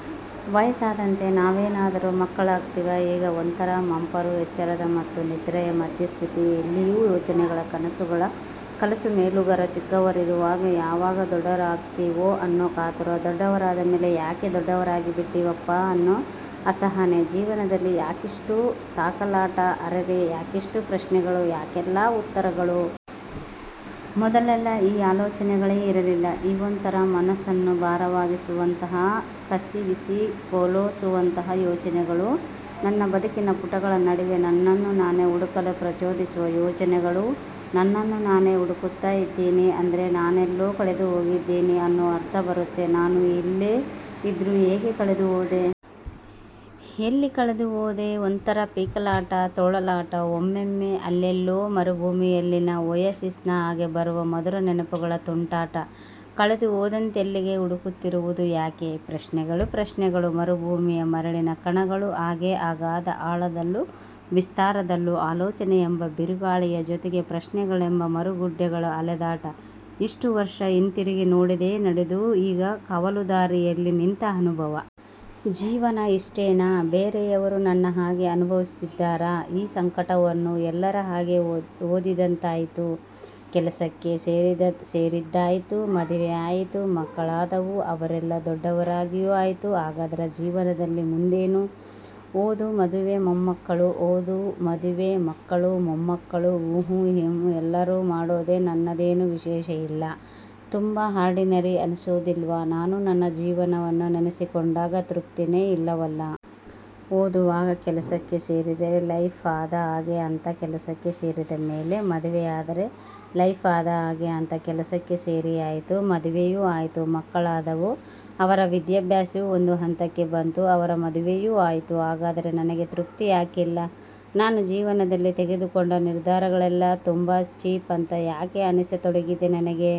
" ವಯಸ್ಸಾದಂತೆ ನಾವೇನಾದರೂ ಮಕ್ಕಳಾಗ್ತೀವ? ಈಗ ಒಂಥರಾ ಮಂಪರುಎಚ್ಚರದ ಮತ್ತು ನಿದ್ರೆಯ ಮಧ್ಯ ಸ್ಥಿತಿ. ಇಲ್ಲಿಯೂ ಯೋಚನೆಗಳ, ಕನಸುಗಳ ಕಲಸುಮೇಲೋಗರ. ಚಿಕ್ಕವರಿರುವಾಗ ಯಾವಾಗ ದೊಡ್ದವರಾಗ್ತೀವೋ ಅನ್ನೋ ಕಾತುರ. ದೊಡ್ಡವರಾದ ಮೇಲೆ ಯಾಕೆ ದೊಡ್ಡವರಾಗಿಬಿಟ್ಟೆವಪ್ಪ ಅನ್ನೋ ಅಸಹನೆ. ಜೀವನದಲ್ಲಿ ಯಾಕಿಷ್ಟು ತಾಕಲಾಟ? ಅರೆರೆ ಯಾಕಿಷ್ಟು ಪ್ರಶ್ನೆಗಳು? ಯಾಕಿಲ್ಲ ಉತ್ತರಗಳು? ಮೊದಲೆಲ್ಲ ಈ ಆಲೋಚನೆಗಳೇ ಇರಲಿಲ್ಲ. ಇವೊಂತರ ಮನಸ್ಸನ್ನು ಭಾರವಾಗಿಸುವಂತಹ, ಕಸಿವಿಸಿಗೊಲೋಸುವಂತಹ ಯೋಚನೆಗಳು. ನನ್ನ ಬದುಕಿನ ಪುಟಗಳ ನಡುವೆ ನನ್ನನ್ನು ನಾನೇ ಹುಡುಕಲು ಪ್ರಚೋದಿಸುವ ಯೋಚನೆಗಳು. ನನ್ನನು ನಾನೇ ಹುಡುಕುತ್ತ ಇದ್ದೆನಿ ಅಂದ್ರೆ ನಾನೆಲ್ಲೋ ಕಳೆದುಹೊಗಿದ್ದೀನಿ ಅನ್ನೋ ಅರ್ಥ ಬರುತ್ತೆ. ನಾನು ಇಲ್ಲೇ ಇದ್ರೂ ಹೇಗೆ ಕಳೆದುಹೋದೆ? ಎಲ್ಲಿ ಕಳೆದುಹೋದೆ? ಒಂಥರಾ ಪೀಕಲಾಟ, ತೊಳಲಾಟ. ಒಮ್ಮೊಮ್ಮೆ ಅಲ್ಲೆಲ್ಲೋ ಮರುಭೂಮಿಯಲ್ಲಿನ ಓಯಸಿಸ್ ನ ಹಾಗೆ ಬರುವ ಮಧುರ ನೆನಪುಗಳ ತುಂಟಾಟ. ಕಳೆದುಹೊದದ್ದೆಲ್ಲಿಗೆ, ಹುಡುಕುತ್ತಿರೋದು ಯಾಕೆ? ಪ್ರಶ್ನೆಗಳೋ ಪ್ರಶ್ನೆಗಳು. ಮರುಭೂಮಿಯ ಮರಳಿನ ಕಣಗಳ ಹಾಗೆಅಗಾಧ ಅಳದಲ್ಲೂ, ವಿಸ್ತಾರದಲ್ಲೂ. ಆಲೋಚನೆಯೆಂಬ ಬಿರುಗಾಳಿಯ ಜೊತೆಗೆ ಪ್ರಶ್ನೆಗಳೆಂಬ ಮರಳುಗುಡ್ಡೆಗಳ ಅಲೆದಾಟ. ಇಷ್ಟು ವರ್ಷ ಹಿಂದಿರುಗಿ ನೋಡದೆ ನಡೆದು ಈಗ ಕವಲುದಾರಿಯಲ್ಲಿ ನಿಂತ ಅನುಭವ. ಜೀವನ ಇಷ್ಟೇನಾ? ಬೇರೆಯವರು ನನ್ನ ಹಾಗೆ ಅನುಭವಿಸಿದ್ದಾರ ಈ ಸಂಕಟವನ್ನು? ಎಲ್ಲರ ಹಾಗೆ ಓದಿದ್ದಾಯಿತು, ಕೆಲಸಕ್ಕೆ ಸೇರಿದ್ದಾಯಿತು, ಮದುವೆಯಾಯಿತು, ಮಕ್ಕಳಾದವುಅವರೆಲ್ಲ ದೊಡ್ದವರಾಗಿಯು ಆಯ್ತು. ಹಾಗಾದರೆ ಜೀವನದಲ್ಲಿ ಮುಂದೇನು? ಓದುಮದುವೆಮಕ್ಕಳುಮೊಮ್ಮಕ್ಕಳುಉಹುಂಎಲ್ಲರು ಮಾಡೋದೇ. ನನ್ನದೇನು ವಿಶೇಷ ಇಲ್ಲ. ತುಂಬ ಆರ್ಡಿನರಿ ಅನಿಸೋದಿಲ್ವಾ ನಾನು? ನನ್ನ ಜೀವನವನ್ನ ನೆನಸಿಕೊಂಡಾಗ ತ್ರುಪ್ತಿನೆ ಇಲ್ಲವಲ್ಲ! ಓದುವಾಗ ಕೆಲಸಕ್ಕೆ ಸೇರಿದರೆ ಲೈಫ್ ಆದ ಹಾಗೆ ಅಂತ ಕೆಲಸಕ್ಕೆ ಸೇರಿದ ಮೇಲೆ ಮದುವೆಯಾದರೆ ಲೈಫ್ ಆದ ಹಾಗೆ ಅಂತ. ಕೆಲಸಕ್ಕೆ ಸೇರಿಯಾಯಿತು, ಮದುವೆಯು ಆಯಿತು, ಮಕ್ಕಳಾದವು, ಅವರ ವಿದ್ಯಾಭ್ಯಾಸವು ಒಂದು ಹಂತಕ್ಕೆ ಬಂದು ಅವರ ಮದುವೆಯು ಆಯಿತು. ಹಾಗಾದರೆ ನನಗೆ ತೃಪ್ತಿ ಯಾಕಿಲ್ಲ? ನಾನು ಜೀವನದಲ್ಲಿ ತೆಗೆದುಕೊಂಡ ನಿರ್ಧಾರಗಳೆಲ್ಲ ತುಂಬ ಚೀಪ್ ಅಂತ ಯಾಕೆ ಅನಿಸತೊಡಗಿದೆ ನನಗೆ?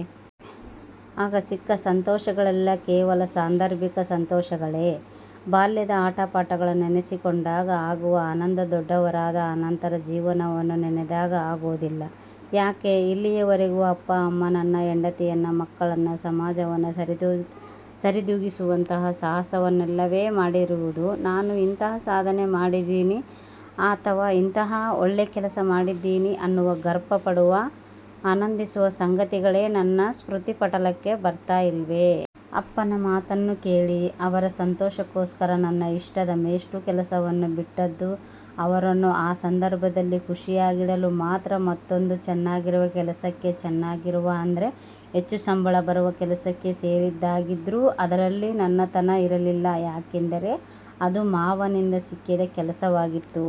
ಆಗ ಸಿಕ್ಕ ಸಂತೋಷಗಳೆಲ್ಲ ಕೇವಲ ಸಾಂಧರ್ಭಿಕ ಸಂತೋಷಗಳೇ? ಬಾಲ್ಯದ ಆಟ ಪಾಠಗಳನ್ನು ನೆನೆಸಿಕೊಂಡಾಗ ಆಗುವ ಆನಂದದೊಡ್ಡವರಾದ ನಂತರ ಜೀವನವನ್ನು ನೆನೆದಾಗ ಆಗೋದಿಲ್ಲ ಯಾಕೆ? ಇಲ್ಲಿಯವರೆಗೂ ಅಪ್ಪ ಅಮ್ಮನನ್ನ, ಹೆಂಡತಿಯನ್ನ, ಮಕ್ಕಳನ್ನ, ಸಮಾಜವನ್ನ ಸರಿದೂಗಿಸುವಂತಹ ಸಾಹಸವನ್ನಲ್ಲವೇ ಮಾಡಿರಿವುದು? ನಾನು ಇಂತಹ ಸಾಧನೆ ಮಾಡಿದೀನಿ ಅಥವಾ ಇಂತಹ ಒಳ್ಳೆ ಕೆಲಸ ಮಾಡಿದ್ದೀನಿ ಅನ್ನುವ, ಗರ್ವಪಡುವ, ಆನಂದಿಸುವ ಸಂಗತಿಗಳೇ ನನ್ನ ಸ್ಮೃತಿಪಟಲಕ್ಕೆ ಬರ್ತಾ ಇಲ್ವೆ? ಅಪ್ಪನ ಮಾತನ್ನ ಕೇಳಿ ಅವರ ಸಂತೋಷಕ್ಕೋಸ್ಕರ ನನ್ನ ಇಷ್ಟದ ಮೇಷ್ಟ್ರ ಕೆಲಸವನ್ನ ಬಿಟ್ಟದ್ದು ಅವರನ್ನು ಆ ಸಂಧರ್ಭದಲ್ಲಿ ಖುಷಿಯಾಗಿಡಲು ಮಾತ್ರ. ಮತ್ತೊಂದು ಚೆನ್ನಾಗಿರುವ ಕೆಲಸಕ್ಕೆಚೆನ್ನಾಗಿರುವ ಅಂದ್ರೆ ಹೆಚ್ಚು ಸಂಬಳ ಬರುವ ಕೆಲಸಕ್ಕೆ ಸೇರಿದ್ದಾಗಿದ್ದ್ರು ಅದರಲ್ಲಿ ನನ್ನತನ ಇರಲಿಲ್ಲ. ಏಕೆಂದರೆ ಅದು ಮಾವನ ನಿಂದ ಸಿಕ್ಕಿದ ಕೆಲಸವಾಗಿತ್ತು.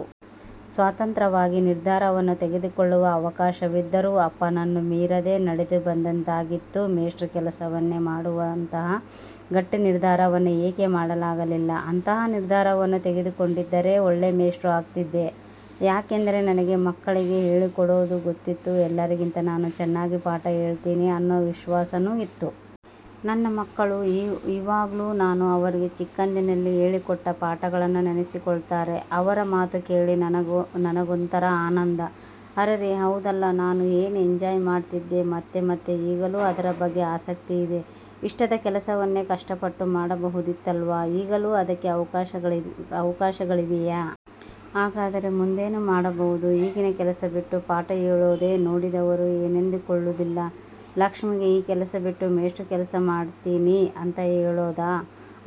ಸ್ವತಂತ್ರವಾಗಿ ನಿರ್ಧಾರವನ್ನು ತೆಗೆದುಕೊಳ್ಳುವ ಅವಕಾಶವಿದ್ದರೂ ಅಪ್ಪನನ್ನು ಮೀರದೆ ನಡೆದು ಬಂದದ್ದಾಗಿತ್ತು. ಮೇಷ್ಟ್ರ ಕೆಲಸವನ್ನೇ ಮಾಡುವಂತಹ ಗಟ್ಟಿ ನಿರ್ಧಾರವನ್ನು ಏಕೆ ಮಾಡಲಾಗಲಿಲ್ಲ? ಅಂತಹ ನಿರ್ಧಾರವನ್ನು ತೆಗೆದುಕೊಂಡಿದ್ದಾರೆ ಒಳ್ಳೆ ಮೇಷ್ಟ್ರೇ ಆಗ್ತಿದ್ದೆ. ಯಾಕೆಂದರೆ ನನಗೆ ಮಕ್ಕಳಿಗೆ ಹೇಳಿಕೊಡೋದು ಗೊತ್ತಿತ್ತು. ಎಲ್ಲರಿಗಿಂತ ನಾನು ಚೆನ್ನಾಗಿ ಪಾಠ ಹೇಳ್ತೀನಿ ಅನ್ನೋ ವಿಶ್ವಾಸಾನು ಇತ್ತು. ನನ್ನ ಮಕ್ಕಳು ಈವಾಗ್ಲು ನಾನು ಅವರಿಗೆ ಚಿಕ್ಕಂದಿನಲ್ಲಿ ಹೇಳಿಕೊಟ್ಟ ಪಾಠಗಳನ್ನ ನೆನೆಸಿಕೊಳ್ತಾರೆ. ಅವರ ಮಾತು ಕೇಳಿ ನನಗೊಂತರ ಆನಂದ. ಅರೆರೆ ಹೌದಲ್ಲ ನಾನು ನ ಎಂಜಾಯ್ ಮಾಡ್ತಿದ್ದೆ ಮತ್ತೆ.. ಮತ್ತೆ ಈಗಲೂ ಅದರ ಬಗ್ಗೆ ಆಸಕ್ತಿ ಇದೆ. ಇಷ್ಟದ ಕೆಲಸವನ್ನೇ ಕಷ್ಟಪಟ್ಟು ಮಾಡಬಹುದಿತ್ತಲ್ವ? ಈಗಲೂ ಅದಕ್ಕೆ ಅವಕಾಶಗಳಿವೆಯಾ? ಹಾಗಾದರೆ ಮುಂದೇನು ಮಾಡಬಹುದು? ಈಗಿನ ಕೆಲಸ ಬಿಟ್ಟು ಪಾಠ ಹೇಳೋದೇ? ನೋಡಿದವರು ಏನೆಂದುಕೊಳ್ಳೋದಿಲ್ಲ. ಲಕ್ಷ್ಮಿಗೆ ಈ ಕೆಲಸ ಬಿಟ್ಟು ಮೇಷ್ಟ್ರ ಕೆಲಸ ಮಾಡ್ತೀನಿ ಅಂತ ಹೇಳೋದ?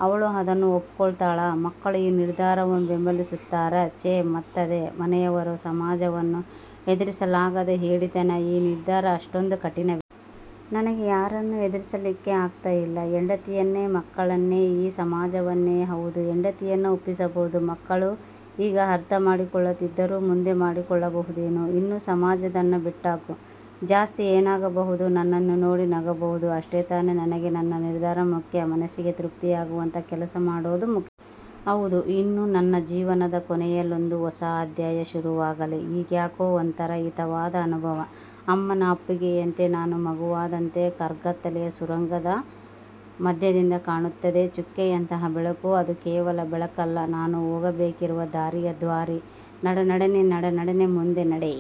ಅವಳು ಅದನ್ನು ಒಪ್ಕೊತಾಳ? ಮಕ್ಕಳು ಈ ನಿರ್ಧಾರವನ್ನು ಬೆಂಬಲಿಸುತ್ತಾರ? ಛೆ ಮತ್ತದೇ ಮನೆಯವರನ್ನು, ಸಮಾಜವನ್ನು ಎದುರಿಸಲಾಗದ ಹೇಡಿತನ. ಈ ನಿರ್ಧಾರ ಅಷ್ಟೊಂದು ಕಠಿಣವೇ? ನನಗೆ ಯಾರನ್ನ ಎದುರಿಸಲಿಕ್ಕೆ ಆಗ್ತ ಇಲ್ಲ? ಹೆಂಡತಿಯನ್ನೇ? ಮಕ್ಕಳನ್ನೇ? ಈ ಸಮಾಜವನ್ನೇ? ಹೌದು ಹೆಂಡತಿಯನ್ನ ಒಪ್ಪಿಸಬಹುದು. ಮಕ್ಕಳು ಈಗ ಅರ್ಥ ಮಾಡಿಕೊಳ್ಳದಿದ್ದರೂ ಮುಂದೆ ಮಾಡಿಕೊಳ್ಳಬಹುದೇನೋ. ಇನ್ನು ಸಮಾಜಅದನ್ನ ಬಿಟ್ಹಾಕು. ಜಾಸ್ತಿ ಏನಾಗಬಹುದು? ನನ್ನನ್ನು ನೋಡಿ ನಗಬಹುದು. ಅಷ್ಟೆತಾನೆ. ನನಗೆ ನನ್ನ ನಿರ್ಧಾರ ಮುಖ್ಯ. ಮನಸ್ಸಿಗೆ ತ್ರುಪ್ತಿಯಗುವಂತ ಕೆಲಸ ಮಾಡೋದು ಮುಖ್ಯ. ಹೌದು ಇನ್ನು. ನನ್ನ ಜೀವನದ ಕೊನೆಯಲ್ಲೊಂದು ಹೊಸ ಅಧ್ಯಾಯ ಶುರುವಾಗಲಿ. ಈಗ್ಯಾಕೋ ಒಂಥರಾ ಹಿತವಾದ ಅನುಭವ ಅಮ್ಮನ ಅಪ್ಪುಗೆಯಂತೆ ನಾನು ಮಗುವಾದಂತೆ. ಕಾರ್ಗತ್ತಲೆಯ ಸುರಂಗದ ಮಧ್ಯದಿಂದ ಕಾಣುತ್ತಿದೆ ಚುಕ್ಕೆಯಂತಹ ಬೆಳಕು. ಅದು ಕೇವಲ ಬೆಳಕಲ್ಲ ನಾನು ಹೋಗಬೇಕಿರುವ ದಾರಿಯ ದ್ವಾರ. ನಡೆನಡೆನಡೆ ಮುಂದೆ ನಡೆ.